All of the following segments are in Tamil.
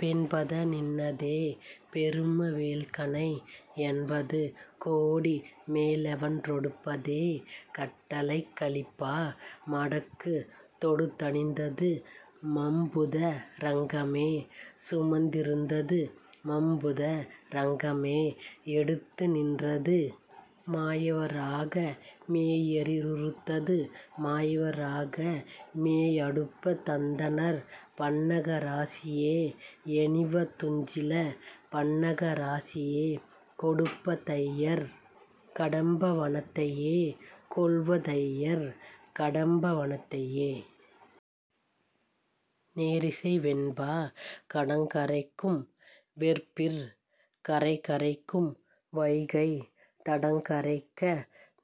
பெண்பத நின்னதே பெரும வேள்கணை எண்பது கோடிமே லெவன்றொ டுப்பதே. கட்டளைக் கலிப்பா மடக்கு தொடுத்த ணிந்தது மம்புத ரங்கமே சுமந்தி ருந்தது மம்புத ரங்கமே எடுத்து நின்றது மாயவ ராகமே யெயிறி றுத்தது மாயவ ராகமே அடுப்ப தந்தணர் பன்னக ராசியே யணிவ துஞ்சில பன்னக ராசியே கொடுப்ப தையர் கடம்பவ னத்தையே கொள்வ தையர் கடம்பவ னத்தையே. நேரிசை வெண்பா கடங்கரைக்கும் வெற்பிற் கரைகரைக்கும் வைகைத் தடங்கரைக்க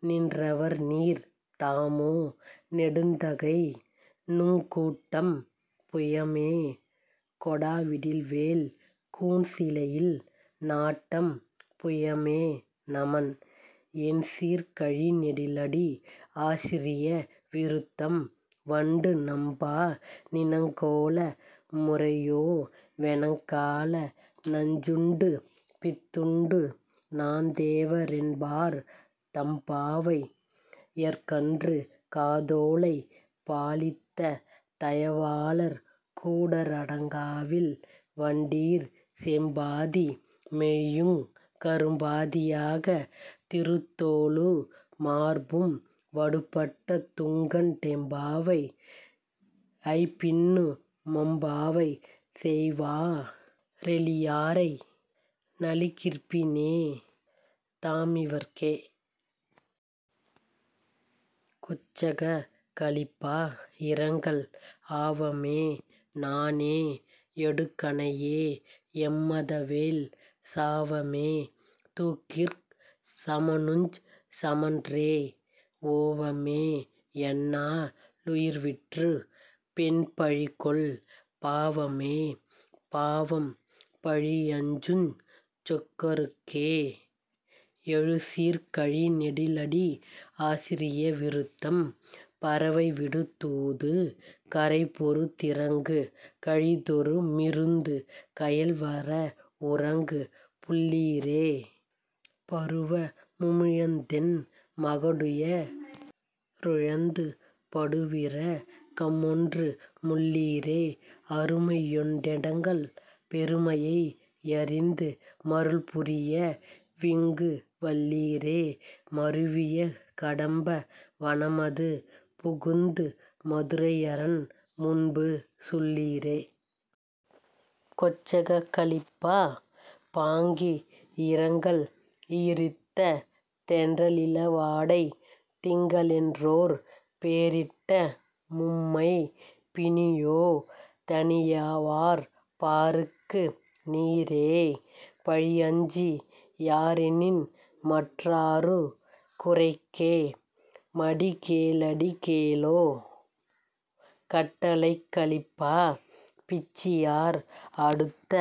ணின்றவர்நீர் தாமோ-நெடுந்தகைநுங் கூட்டம் புயமே கொடாவிடில்வேள் கூன்சிலையில் நாட்டம் புயமே நமன். எண்சீர்க் கழிநெடிலடி ஆசிரிய விருத்தம் வண்டு நம்பாநி னக்கோல முறையோவெ னக்கால நஞ்சுண்டு பித்துண்டு நாந்தேவ ரென்பார் தம்பாவை யர்க்கன்று காதோலை பாலித்த தயவாளர் கூடற் றடங்காவில் வண்டீர் செம்பாதி மெய்யுங் கரும்பாதி யாகத் திருத்தோளு மார்பும் வடுப்பட்ட துங்கண் டெம்பாவை யைப்பின்னு மம்பாவை செய்வா ரெளியாரை நலிகிற்பி னேதா மிவர்க்கே. கொச்சகக் கலிப்பா இரங்கல் ஆவமே நாணே யடுகணையே யம்மதவேள் சாவமே தூக்கிற் சமனுஞ் சமனன்றே ஓவமே யன்னா ளுயிர்விற்றுப் பெண்பழிகொள் பாவமே பாவம் பழியஞ்சுஞ் சொக்கருக்கே. எழுசீர்க் கழிநெடிலடி ஆசிரிய விருத்தம் பறவைவிடு தூது கரைபொரு திரங்கு கழிதொறு மிருந்து கயல்வர வுறங்கு புள்ளீரே பருவமு மிழந்தென் மகடுய ருழந்து படுவிர கமொன்று முள்ளீரே அருமையொ டெங்கள் பெருமையை யறிந்து மருள்புரி யவிங்கு வல்லீரே மருவிய கடம்ப வனமது புகுந்து மதுரையரன் முன்பு சொல்லீரே. கொச்சகக் கலிப்பா பாங்கி இரங்கல் ஈரித்த தென்ற லிளவாடை திங்களென்றோர் பேரிட்ட மும்மைப் பிணியோ தணியாவாற் பாருக்கு ணீரே பழியஞ்சி யாரெனின்மற் றாருக் குரைக்கே மடிகே ளடிகேளோ. கட்டளைக் கலிப்பா பிச்சியார் அடுத்த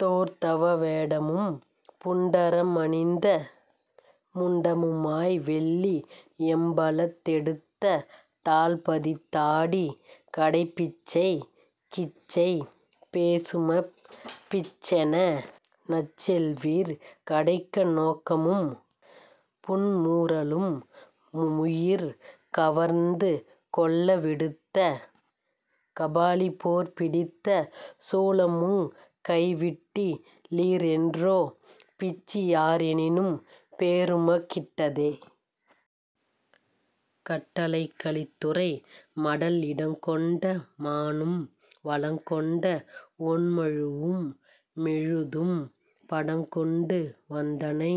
தோர்தவ வேடமும் புண்டர மணிந்த முண்டமு மாய்வெள்ளி யம்பலத் தெடுத்த தாள்பதித் தாடிக் கடைப்பிச்சைக் கிச்சை பேசுமப் பிச்சனெ னச்செல்வீர் கடைக்க ணோக்கமும் புன்மூர லும்முயிர் கவர்ந்து கொள்ள விடுத்த கபாலிபோற் பிடித்த சூலமுங் கைவிட்டி லீரென்றோ பிச்சியாரெனும் பேருமக் கிட்டதே. கட்டளைக் கலித்துறை மடல் இடங்கொண்ட மானும் வலங்கொண்ட வொண்மழு வும்மெழுதும் படங்கொண்டு வந்தனை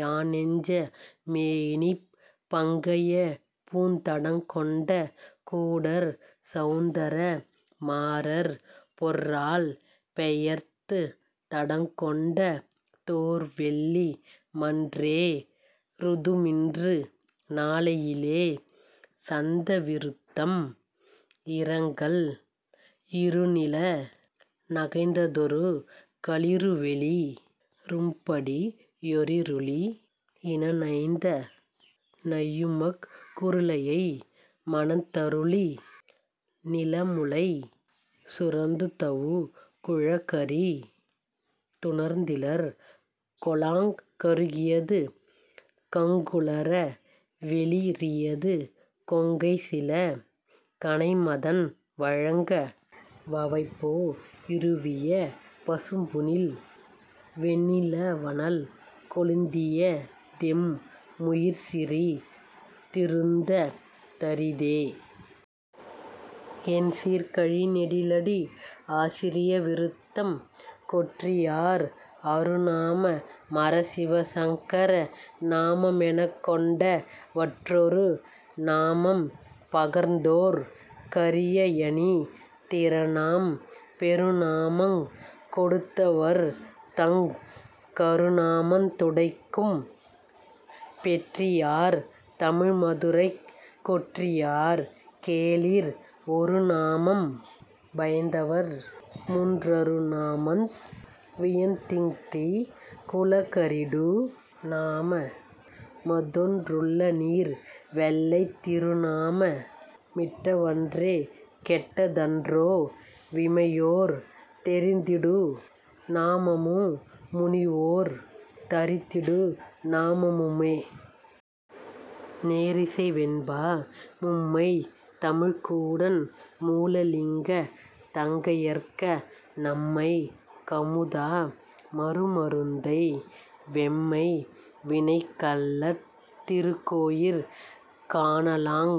யானெஞ்ச மேயினிப் பங்கயப் பூந் தடங்கொண்ட கூடற் சவுந்தர மாறர்பொற் றாள்பெயர்த்து தடங்கொண்ட தோர்வெள்ளி மன்றே றுதுமின்று நாளையிலே. சந்த விருத்தம் இரங்கல் இருநில னகழ்ந்ததொரு களிறுவெளி றும்படியொ ரிருளியி னணைந்த ணையுமக் குருளையை மணந்தருளி னிளமுலை சுரந்துதவு குழகரி துணர்ந்திலர் கொலாங் கருகியது கங்குலற வெளிறியது கொங்கைசில கணைமதன் வழங்க வவைபோ யுருவிய பசும்புணில்வெண் ணிலவனல் கொளுந்தியதெம் முயிர்சிறி திருந்த தரிதே. எண்சீர்க் கழிநெடிலடி ஆசிரிய விருத்தம் கொற்றியார் அருநாம மரசிவசங் கரநாம மெனக்கொண் டவற்றொருநா மம்பகர்ந்தோர்க் கரியயனிந் திரனாம் பெருநாமங் கொடுத்தவர்தங் கருநாமந் துடைக்கும் பெற்றியார் தமிழ்மதுரைக் கொற்றியார் கேளீர் ஒருநாமம் பயந்தவர்முன் றருநாமந் வியந்திங் திகுலகரிடு நாமமதொன் றுள்ளநீர் வெள்ளைத் திருநாம மிட்டவன்றே கெட்டதன்றோ விமையோர் தெரித்திடுநா மமுமுனிவோர் தரித்திடுநா மமுமே. நேரிசை வெண்பா மும்மைத் தமிழ்க்கூடன் மூலலிங்கத் தங்கயற்க ணம்மைக் கமுதா மருமருந்தை வெம்மைவினைக் கள்ளத் திருக்கோயிற் காணலாங்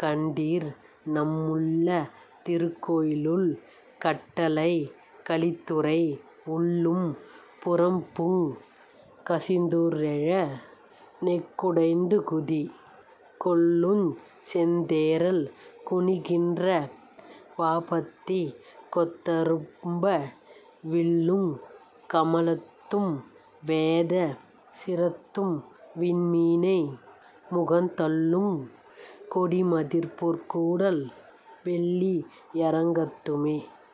கண்டீர்நம் முள்ளத் திருக்கோயி லுள். கட்டளைக் கலித்துறை உள்ளும் புறம்புங் கசிந்தூற் றெழநெக் குடைந்துகுதி கொள்ளுஞ்செந் தேறல் குனிக்கின்ற வாபத்திக் கொத்தரும்ப விள்ளுங் கமலத்தும் வேத சிரத்தும்விண் மீனைமுகந் தள்ளுங் கொடிமதிற் பொற்கூடல் வெள்ளி யரங்கத்துமே.